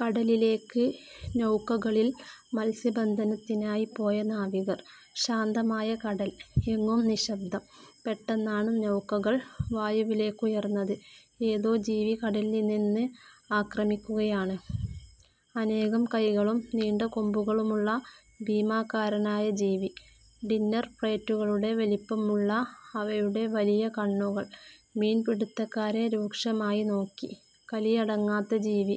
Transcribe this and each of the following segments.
കടലിലേക്ക് നൗകകളിൽ മത്സ്യബന്ധനത്തിനായി പോയ നാവികർ. ശാന്തമായ കടൽ. എങ്ങോ നിശ്ശബ്ദം. പെട്ടെന്നാണ് നൗകകൾ വായുവിലേക്കുയർന്നത്. ഏതോ ജീവി കടലിൽനിന്ന് ആക്രമിക്കുകയാണ്. അനേകം കൈകളും നീണ്ട കൊമ്പുകളുമുള്ള ഭീമാകാരനായ ജീവി. ഡിന്നർ പ്ലേറ്റുകളുടെ വലിപ്പമുള്ള അവയുടെ വലിയ കണ്ണുകൾ മീൻപിടിത്തക്കാരെ രൂക്ഷമായി നോക്കി. കലിയടങ്ങാത്ത ജീവി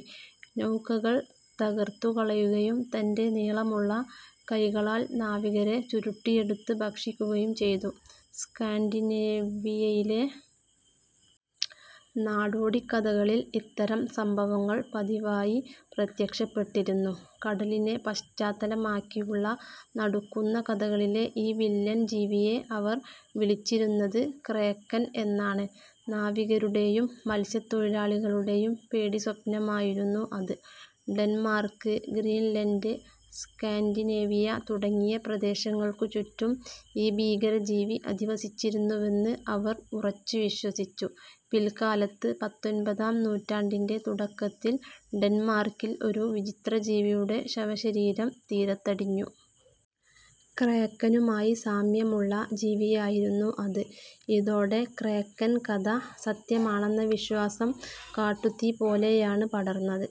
നൗകകൾ തകർത്തുകളയുകയും തന്റെ നീളമുള്ള കൈകളാൽ നാവികരെ ചുരുട്ടിയെടുത്ത് ഭക്ഷിക്കുകയും ചെയ്തു. സ്കാൻഡിനേവിയയിലെ നാടോടിക്കഥകളിൽ ഇത്തരം സംഭവങ്ങൾ പതിവായി പ്രത്യക്ഷപ്പെട്ടിരുന്നു. കടലിനെ പശ്ചാത്തലമാക്കിയുള്ള നടുക്കുന്ന കഥകളിലെ ഈ വില്ലൻ ജീവിയെ അവർ വിളിച്ചിരുന്നത് ക്രേക്കൻ എന്നാണ്. നാവികരുടെയും മത്സ്യത്തൊഴിലാളികളുടെയും പേടിസ്വപ്നമായിരുന്നു അത്. ഡെൻമാർക്ക്, ഗ്രീൻലൻഡ്, സ്കാൻഡിനേവിയ തുടങ്ങിയ പ്രദേശങ്ങൾക്കു ചുറ്റും ഈ ഭീകരജീവി അധിവസിച്ചിരുന്നുവെന്ന് അവർ ഉറച്ചുവിശ്വസിച്ചു. പിൽക്കാലത്ത് പത്തൊൻപതാം നൂറ്റാണ്ടിന്റെ തുടക്കത്തിൽ ഡെൻമാർക്കിൽ ഒരു വിചിത്രജീവിയുടെ ശവശരീരം തീരത്തടിഞ്ഞു. ക്രേക്കനുമായി സാമ്യമുള്ള ജീവിയായിരുന്നു അത്. ഇതോടെ ക്രേക്കൻ കഥ സത്യമാണെന്ന വിശ്വാസം കാട്ടുതീ പോലെയാണ് പടർന്നത്.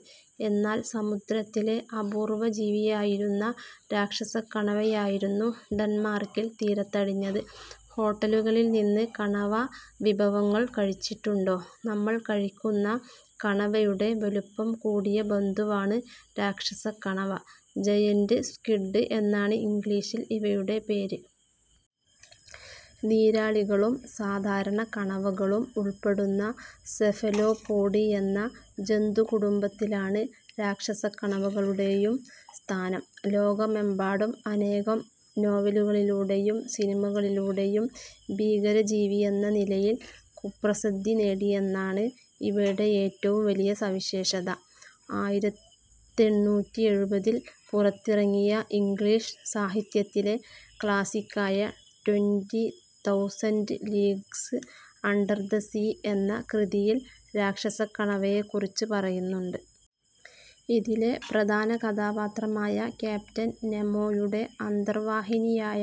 എന്നാൽ സമുദ്രത്തിലെ അപൂർവജീവിയായിരുന്ന രാക്ഷസക്കണവയായിരുന്നു ഡെൻമാർക്കിൽ തീരത്തടിഞ്ഞത്. ഹോട്ടലുകളിൽനിന്ന് കണവ വിഭവങ്ങൾ കഴിച്ചിട്ടുണ്ടോ. നമ്മൾ കഴിക്കുന്ന കണവയുടെ വലുപ്പം കൂടിയ ബന്ധുവാണ് രാക്ഷസക്കണവ. ജയന്റ് സ്ക്വിഡ് എന്നാണ് ഇംഗ്ലീഷിൽ ഇവയുടെ പേര്. നീരാളികളും സാധാരണ കണവകളും ഉൾപ്പെടുന്ന സെഫലോപോഡ് എന്ന ജന്തുകുടുംബത്തിലാണ് രാക്ഷസക്കണവകളുടെയും സ്ഥാനം. ലോകമെമ്പാടും അനേകം നോവലുകളിലൂടെയും സിനിമകളിലൂടെയും ഭീകരജീവിയെന്ന നിലയിൽ കുപ്രസിദ്ധി നേടിയെന്നതാണ് ഇവയുടെ ഏറ്റവും വലിയ സവിശേഷത. ആയിരത്തെണ്ണൂറ്റി എഴുപതിൽ പുറത്തിറങ്ങിയ ഇംഗ്ലീഷ് സാഹിത്യത്തിലെ ക്ലാസിക്കായ Twenty Thousand Leagues Under the Sea എന്ന കൃതിയിൽ രാക്ഷസക്കണവയെക്കുറിച്ച് പറയുന്നുണ്ട്. ഇതിലെ പ്രധാന കഥാപാത്രമായ ക്യാപ്റ്റൻ നെമോയുടെ അന്തർവാഹിനിയായ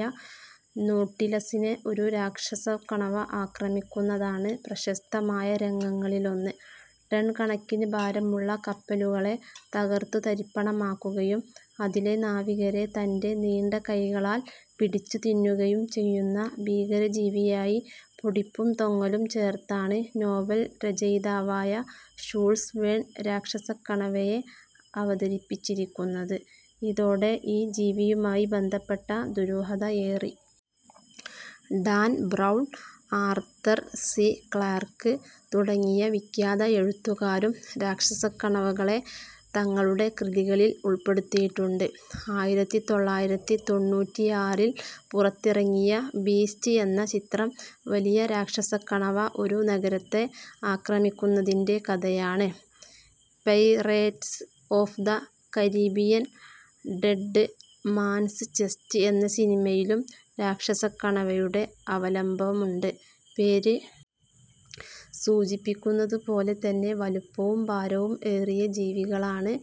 നോട്ടിലസിനെ ഒരു രാക്ഷസക്കണവ ആക്രമിക്കുന്നതാണ് പ്രശസ്തമായ രംഗങ്ങളിലൊന്ന്. ടൺകണക്കിന് ഭാരമുള്ള കപ്പലുകളെ തകർത്തുതരിപ്പണമാക്കുകയും അതിലെ നാവികരെ തന്റെ നീണ്ട കൈകളാൽ പിടിച്ചുതിന്നുകയും ചെയ്യുന്ന ഭീകരജീവിയായി പൊടിപ്പും തൊങ്ങലും ചേർത്താണ് നോവൽ രചയിതാവായ ഷൂൾസ് വേൺ രാക്ഷസക്കണവയെ അവതരിപ്പിച്ചിരിക്കുന്നത്. ഇതോടെ ഈ ജീവിയുമായി ബന്ധപ്പെട്ട ദുരൂഹത ഏറി. Dan Brown, Arthur C Clarke തുടങ്ങിയ വിഖ്യാത എഴുത്തുകാരും രാക്ഷസക്കണവകളെ തങ്ങളുടെ കൃതികളിൽ ഉൾപ്പെടുത്തിയിട്ടുണ്ട്. ആയിരത്തിത്തൊള്ളായിരത്തി തൊണ്ണൂറ്റിയാറിൽ പുറത്തിറങ്ങിയ ബീസ്റ്റ് എന്ന ചിത്രം വലിയ രാക്ഷസക്കണവ ഒരു നഗരത്തെ ആക്രമിക്കുന്നതിന്റെ കഥയാണ്. Pirates of the Caribbean Dead Man's Chest എന്ന സിനിമയിലും രാക്ഷസക്കണവയുടെ അവലംബവമുണ്ട്. പേര് സൂചിപ്പിക്കുന്നതുപോലെ തന്നെ വലുപ്പവും ഭാരവും ഏറിയ ജീവികളാണ്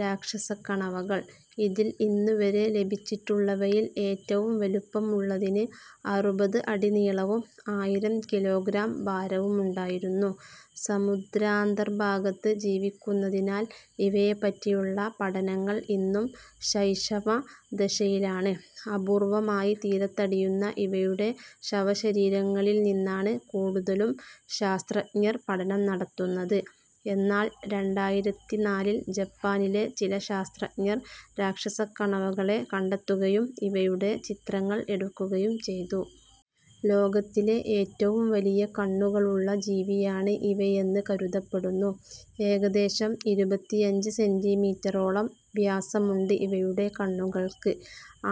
രാക്ഷസക്കണവകൾ. ഇതിൽ ഇന്നുവരെ ലഭിച്ചിട്ടുള്ളവയിൽ ഏറ്റവും വലുപ്പമുള്ളതിന് അറുപത് അടി നീളവും ആയിരം കിലോഗ്രാം ഭാരവുമുണ്ടായിരുന്നു. സമുദ്രാന്തർഭാഗത്ത് ജീവിക്കുന്നതിനാൽ ഇവയെപ്പറ്റിയുള്ള പഠനങ്ങൾ ഇന്നും ശൈശവദശയിലാണ്. അപൂർവമായി തീരത്തടിയുന്ന ഇവയുടെ ശവശരീരങ്ങളിൽനിന്നാണ് കൂടുതലും ശാസ്ത്രജ്ഞർ പഠനം നടത്തുന്നത്. എന്നാൽ രണ്ടായിരത്തിനാലിൽ ജപ്പാനിലെ ചില ശാസ്ത്രജ്ഞർ രാക്ഷസക്കണവകളെ കണ്ടെത്തുകയും ഇവയുടെ ചിത്രങ്ങൾ എടുക്കുകയും ചെയ്തു. ലോകത്തിലെ ഏറ്റവും വലിയ കണ്ണുകളുള്ള ജീവിയാണ് ഇവയെന്ന് കരുതപ്പെടുന്നു. ഏകദേശം ഇരുപത്തിയഞ്ച് സെന്റിമീറ്ററോളം വ്യാസമുണ്ട് ഇവയുടെ കണ്ണുകൾക്ക്.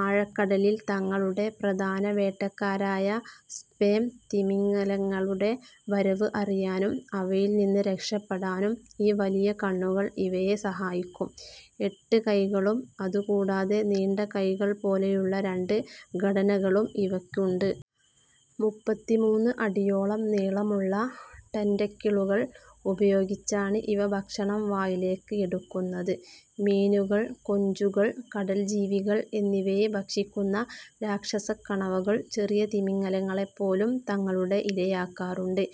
ആഴക്കടലിൽ തങ്ങളുടെ പ്രധാന വേട്ടക്കാരായ സ്പേം തിമിംഗലങ്ങളുടെ വരവ് അറിയാനും അവയിൽനിന്ന് രക്ഷപ്പെടാനും ഈ വലിയ കണ്ണുകൾ ഇവയെ സഹായിക്കും. എട്ട് കൈകളും അതുകൂടാതെ നീണ്ട കൈകൾ പോലെയുള്ള രണ്ട് ഘടനകളും ഇവയ്ക്കുണ്ട്. മുപ്പത്തിമൂന്ന് അടിയോളം നീളമുള്ള ടെന്റക്കിളുകൾ ഉപയോഗിച്ചാണ് ഇവ ഭക്ഷണം വായിലേക്ക് എടുക്കുന്നത്. മീനുകൾ, കൊഞ്ചുകൾ, കടൽജീവികൾ എന്നിവയെ ഭക്ഷിക്കുന്ന രാക്ഷസക്കണവകൾ ചെറിയ തിമിംഗലങ്ങളെപ്പോലും തങ്ങളുടെ ഇരയാക്കാറുണ്ട്.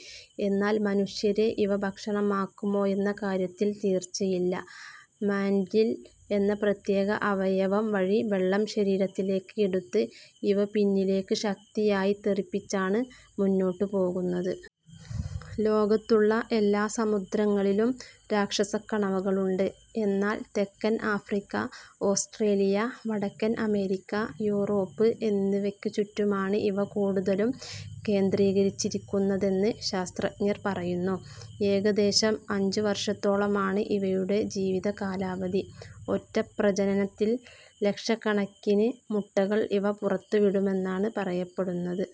എന്നാൽ മനുഷ്യരെ ഇവ ഭക്ഷണമാക്കുമോയെന്ന കാര്യത്തിൽ തീർച്ചയില്ല. മാന്റിൽ എന്ന പ്രത്യേക അവയവം വഴി വെള്ളം ശരീരത്തിലേക്ക് എടുത്ത് ഇവ പിന്നിലേക്ക് ശക്തിയായി തെറിപ്പിച്ചാണ് മുന്നോട്ടുപോകുന്നത്. ലോകത്തുള്ള എല്ലാ സമുദ്രങ്ങളിലും രാക്ഷസക്കണവകളുണ്ട്. എന്നാൽ തെക്കൻ ആഫ്രിക്ക, ഓസ്ട്രേലിയ, വടക്കൻ അമേരിക്ക, യൂറോപ്പ് എന്നിവയ്ക്കു ചുറ്റുമാണ് ഇവ കൂടുതലും കേന്ദ്രീകരിച്ചിരിക്കുന്നതെന്ന് ശാസ്ത്രജ്ഞർ പറയുന്നു. ഏകദേശം അഞ്ച് വർഷത്തോളമാണ് ഇവയുടെ ജീവിതകാലാവധി. ഒറ്റ പ്രജനനത്തിൽ ലക്ഷക്കണക്കിന് മുട്ടകൾ ഇവ പുറത്തുവിടുമെന്നാണ് പറയപ്പെടുന്നത്.